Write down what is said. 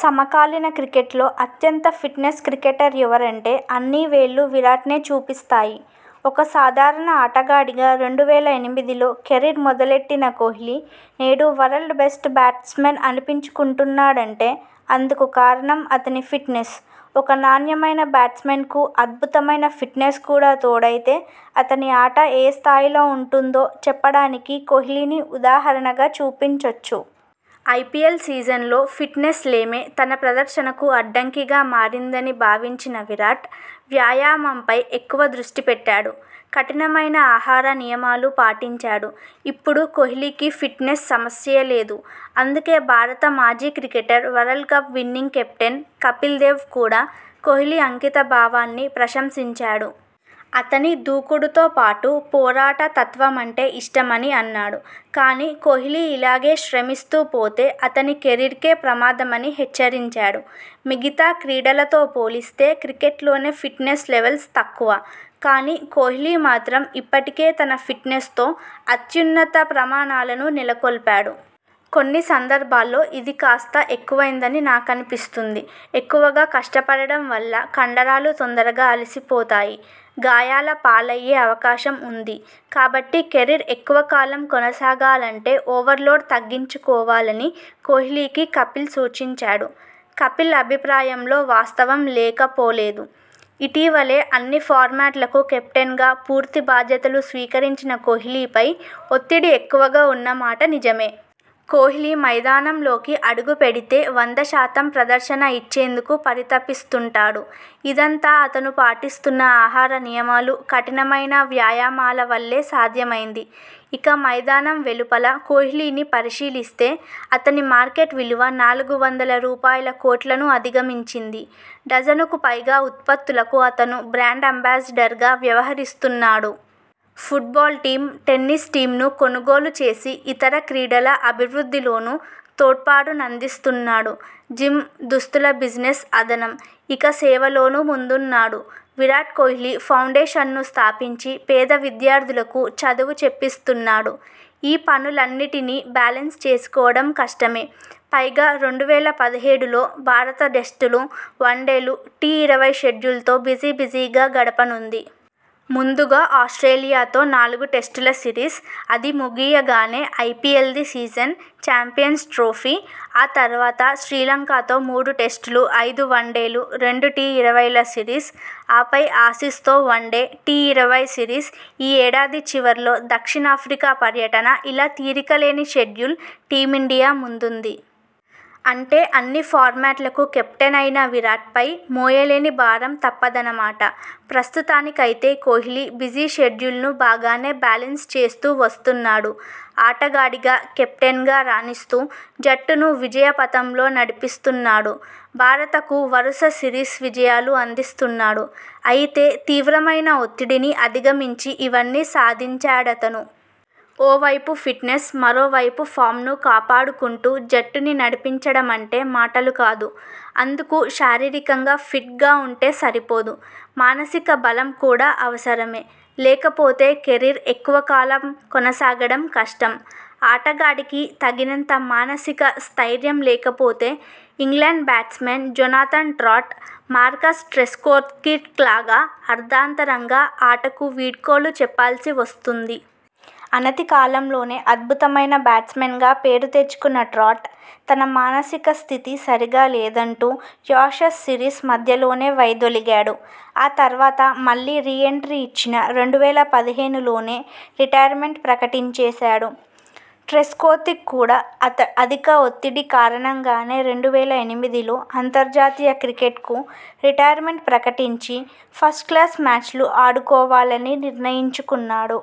సమకాలీన క్రికెట్లో అత్యంత ఫిట్నెస్ క్రికెటర్ ఎవరంటే అన్ని వేళ్లూ విరాట్నే చూపిస్తాయి! ఒక సాధారణ ఆటగాడిగా రెండు వేల ఎనిమిదిలో కెరీర్ మొదలెట్టిన కోహ్లీ నేడు వరల్డ్ బెస్ట్ బ్యాట్స్మన్ అనిపించుకుంటున్నాడంటే అందుకు కారణం అతని ఫిట్నెస్. ఒక నాణ్యమైన బ్యాట్స్మెన్కు అద్భుతమైన ఫిట్నెస్ కూడా తోడైతే అతని ఆట ఏ స్థాయిలో ఉంటుందో చెప్పడానికి కోహ్లీని ఉదాహరణగా చూపించొచ్చు. ఐపీఎల్ సీజన్లో ఫిట్నెస్ లేమే తన ప్రదర్శనకు అడ్డంకిగా మారిందని భావించిన విరాట్ వ్యాయామంపై ఎక్కువ దృష్టి పెట్టాడు. కఠినమైన ఆహార నియమాలు పాటించాడు. ఇప్పుడు కోహ్లీకి ఫిట్నెస్ సమస్యే లేదు. అందుకే భారత మాజీ cricketer, world cup winning captain Kapil Dev కూడా కోహ్లీ అంకిత భావాన్ని ప్రశంసించాడు. అతని దూకుడుతో పాటు పోరాట తత్వమంటే ఇష్టమని అన్నాడు. కానీ కోహ్లీ ఇలాగే శ్రమిస్తూ పోతే అతని కెరీర్కే ప్రమాదమని హెచ్చరించాడు. 'మిగతా క్రీడలతో పోలిస్తే క్రికెట్లోనే ఫిట్నెస్ లెవెల్స్ తక్కువ. కానీ కోహ్లీ మాత్రం ఇప్పటికే తన ఫిట్నెస్ తో అత్యున్నత ప్రమాణాలను నెలకొల్పాడు. కొన్ని సందర్భాల్లో ఇది కాస్త ఎక్కువైందని నాకనిపిస్తుంది. ఎక్కువగా కష్టపడడం వల్ల కండరాలు తొందరగా అలసిపోతాయి. గాయాల పాలయ్యే అవకాశం ఉంది. కాబట్టి కెరీర్ ఎక్కువ కాలం కొనసాగాలంటే ఓవర్లోడ్ తగ్గించుకోవాల'ని కోహ్లీకి కపిల్ సూచించాడు. కపిల్ అభిప్రాయంలో వాస్తవం లేకపోలేదు. ఇటీవలే అన్ని ఫార్మాట్లకు కెప్టెన్గా పూర్తి బాధ్యతలు స్వీకరించిన కోహ్లీ పై ఒత్తిడి ఎక్కువగా ఉన్న మాట నిజమే! కోహ్లీ మైదానం లోకి అడుగు పెడితే వంద శాతం ప్రదర్శన ఇచ్చేందుకు పరితపిస్తుంటాడు. ఇదంతా అతను పాటిస్తున్న ఆహార నియమాలు, కఠినమైన వ్యాయామాల వల్లే సాధ్యమైంది. ఇక మైదానం వెలుపల కోహ్లీని పరిశీలిస్తే అతని మార్కెట్ విలువ నాలుగు వందల రూపాయల కోట్లను అధిగమించింది. డజనుకు పైగా ఉత్పత్తులకు అతను బ్రాండ్ అంబాసిడర్గా వ్యవహరిస్తున్నాడు. ఫుట్బాల్ టీమ్, టెన్నిస్ టీమ్ను కొనుగోలు చేసి ఇతర క్రీడల అభివృద్ధిలోనూ తోడ్పాటునందిస్తున్నాడు. జిమ్, దుస్తుల బిజినెస్ అదనం. ఇక సేవలోనూ ముందున్నాడు. విరాట్ కోహ్లీ ఫౌండేషన్ ను స్థాపించి పేద విద్యార్థులకు చదువు చెప్పిస్తున్నాడు. ఈ పనులన్నిటినీ బ్యాలెన్స్ చేసుకోవడం కష్టమే. పైగా రెండు వేల పదిహేడు లో భారత టెస్టులు, వన్డేలు, టీఇరవై షెడ్యూల్తో బిజీ బిజీగా గడపనుంది. ముందుగా ఆస్ట్రేలియా తో నాలుగు టెస్టుల సిరీస్. అది ముగియగానే ఐపీఎల్ది సీజన్. Champions trophy. ఆ తర్వాత శ్రీలంకతో మూడు టెస్టులు, ఐదు వన్డేలు, రెండు టీ ఇరవైల సిరీస్. ఆపై ఆసీస్ తో వన్డే, టీ ఇరవై సిరీస్ ఈ ఏడాది చివర్లో దక్షిణాఫ్రికా పర్యటన ఇలా తీరిక లేని షెడ్యూల్ టీమిండియా ముందుంది. అంటే అన్ని ఫార్మాట్లకూ కెప్టెన్ అయిన విరాట్పై మోయలేని భారం తప్పదన్నమాట. ప్రస్తుతానికైతే కోహ్లీ బిజీ షెడ్యూల్ను బాగానే బ్యాలెన్స్ చేస్తూ వస్తున్నాడు. ఆటగాడిగా కెప్టెన్గా రాణిస్తూ జట్టును విజయ పథంలో నడిపిస్తున్నాడు. భారతకు వరుస సిరీస్ విజయాలు అందిస్తున్నాడు. అయితే తీవ్రమైన ఒత్తిడిని అధిగమించి ఇవన్నీ సాధించాడతను. ఓ వైపు ఫిట్నెస్, మరోవైపు ఫామ్ను కాపాడుకుంటూ జట్టుని నడిపించడమంటే మాటలు కాదు. అందుకు శారీరకంగా ఫిట్గా ఉంటే సరిపోదు. మానసిక బలం కూడా అవసరమే. లేకపోతే కెరీర్ ఎక్కువ కాలం కొనసాగడం కష్టం. ఆటగాడికి తగినంత మానసిక స్థయిర్యం లేకపోతే England batsman Jonathan Trott, Marcus ట్రెస్కోథిక్లాగా అర్ధంతరంగా ఆటకు వీడ్కోలు చెప్పాల్సి వస్తుంది. అనతి కాలంలోనే అద్భుతమైన బ్యాట్స్మన్గా పేరు తెచ్చుకున్న ట్రాట్ తన మానసిక స్థితి సరిగా లేదంటూ యాషెస్ సిరీస్ మధ్యలోనే వైదొలిగాడు. ఆ తర్వాత మళ్లీ రీ ఎంట్రీ ఇచ్చినా రెండు వేల పదిహేనులోనే రిటైర్మెంట్ ప్రకటించేశాడు. ట్రెస్కోథిక్ కూడా అధిక ఒత్తిడి కారణంగానే రెండు వేల ఎనిమిదిలో అంతర్జాతీయ క్రికెట్కు రిటైర్మెంట్ ప్రకటించి ఫస్ట్క్లాస్ మ్యాచ్లు ఆడుకోవాలని నిర్ణయించుకున్నాడు.